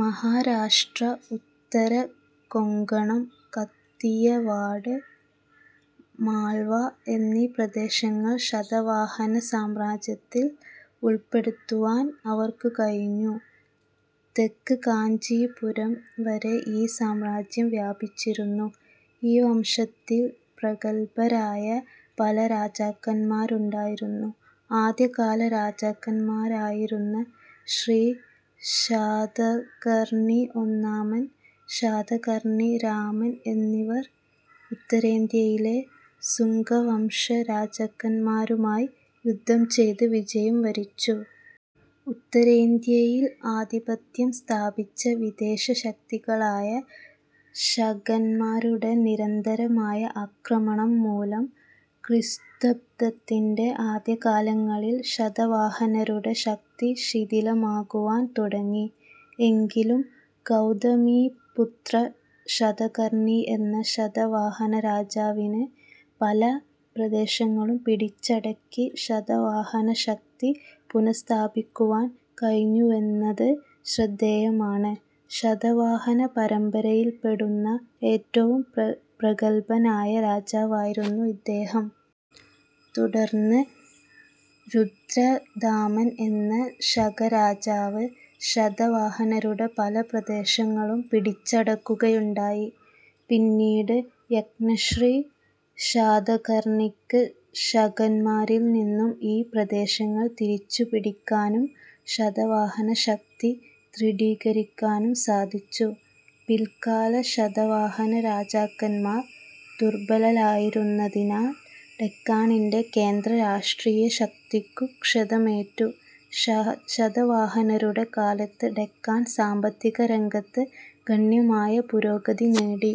മഹാരാഷ്ട്ര, ഉത്തര കൊങ്കണം, കത്തിയവാഡ്, മാൾവ എന്നീ പ്രദേശങ്ങൾ ശതവാഹന സാമ്രാജ്യത്തിൽ ഉൾപ്പെടുത്തുവാൻ അവർക്കു കഴിഞ്ഞു. തെക്ക് കാഞ്ചീപുരം വരെ ഈ സാമ്രാജ്യം വ്യാപിച്ചിരുന്നു. ഈ വംശത്തിൽ പ്രഗല്ഭരായ പല രാജാക്കന്മാരുമുണ്ടായിരുന്നു. ആദ്യകാല രാജാക്കന്മാരായിരുന്ന ശ്രീ ശാതകർണി ഒന്നാമൻ, ശാതകർണി രാമൻ എന്നിവർ ഉത്തരേന്ത്യയിലെ സുംഗവംശ രാജാക്കന്മാരുമായി യുദ്ധം ചെയ്ത് വിജയം വരിച്ചു. ഉത്തരേന്ത്യയിൽ ആധിപത്യം സ്ഥാപിച്ച വിദേശ ശക്തികളായ ശകൻമാരുടെ നിരന്തരമായ ആക്രമണം മൂലം ക്രിസ്ത്വബ്ദത്തിന്റെ ആദ്യകാലങ്ങളിൽ ശതവാഹനരുടെ ശക്തി ശിഥിലമാകുവാൻ തുടങ്ങി. എങ്കിലും, ഗൗതമീപുത്ര ശാതകർണി എന്ന ശതവാഹനരാജാവിന്, പല പ്രദേശങ്ങളും പിടിച്ചടക്കി ശതവാഹനശക്തി പുനഃസ്ഥാപിക്കുവാൻ കഴിഞ്ഞുവെന്നത് ശ്രദ്ധേയമാണ്. ശതവാഹന പരമ്പരയിൽപ്പെടുന്ന ഏറ്റവും പ്രഗല്ഭനായ രാജാവായിരുന്നു ഇദ്ദേഹം. തുടർന്ന് രുദ്രദാമൻ എന്ന ശകരാജാവ് ശതവാഹനരുടെ പല പ്രദേശങ്ങളും പിടിച്ചടക്കുകയുണ്ടായി. പിന്നീട് യജ്ഞശ്രീ ശാതകർണിക്ക് ശകന്മാരിൽ നിന്നും ഈ പ്രദേശങ്ങൾ തിരിച്ചുപിടിക്കാനും ശതവാഹനശക്തി ദൃഢീകരിക്കാനും സാധിച്ചു. പില്ക്കാല ശതവാഹന രാജാക്കന്മാർ ദുർബലരായിരുന്നതിനാൽ ഡെക്കാണിന്റെ കേന്ദ്ര രാഷ്ട്രീയ ശക്തിക്കു ക്ഷതമേറ്റു. ശതവാഹനരുടെ കാലത്ത് ഡെക്കാൺ സാമ്പത്തിക രംഗത്ത് ഗണ്യമായ പുരോഗതി നേടി.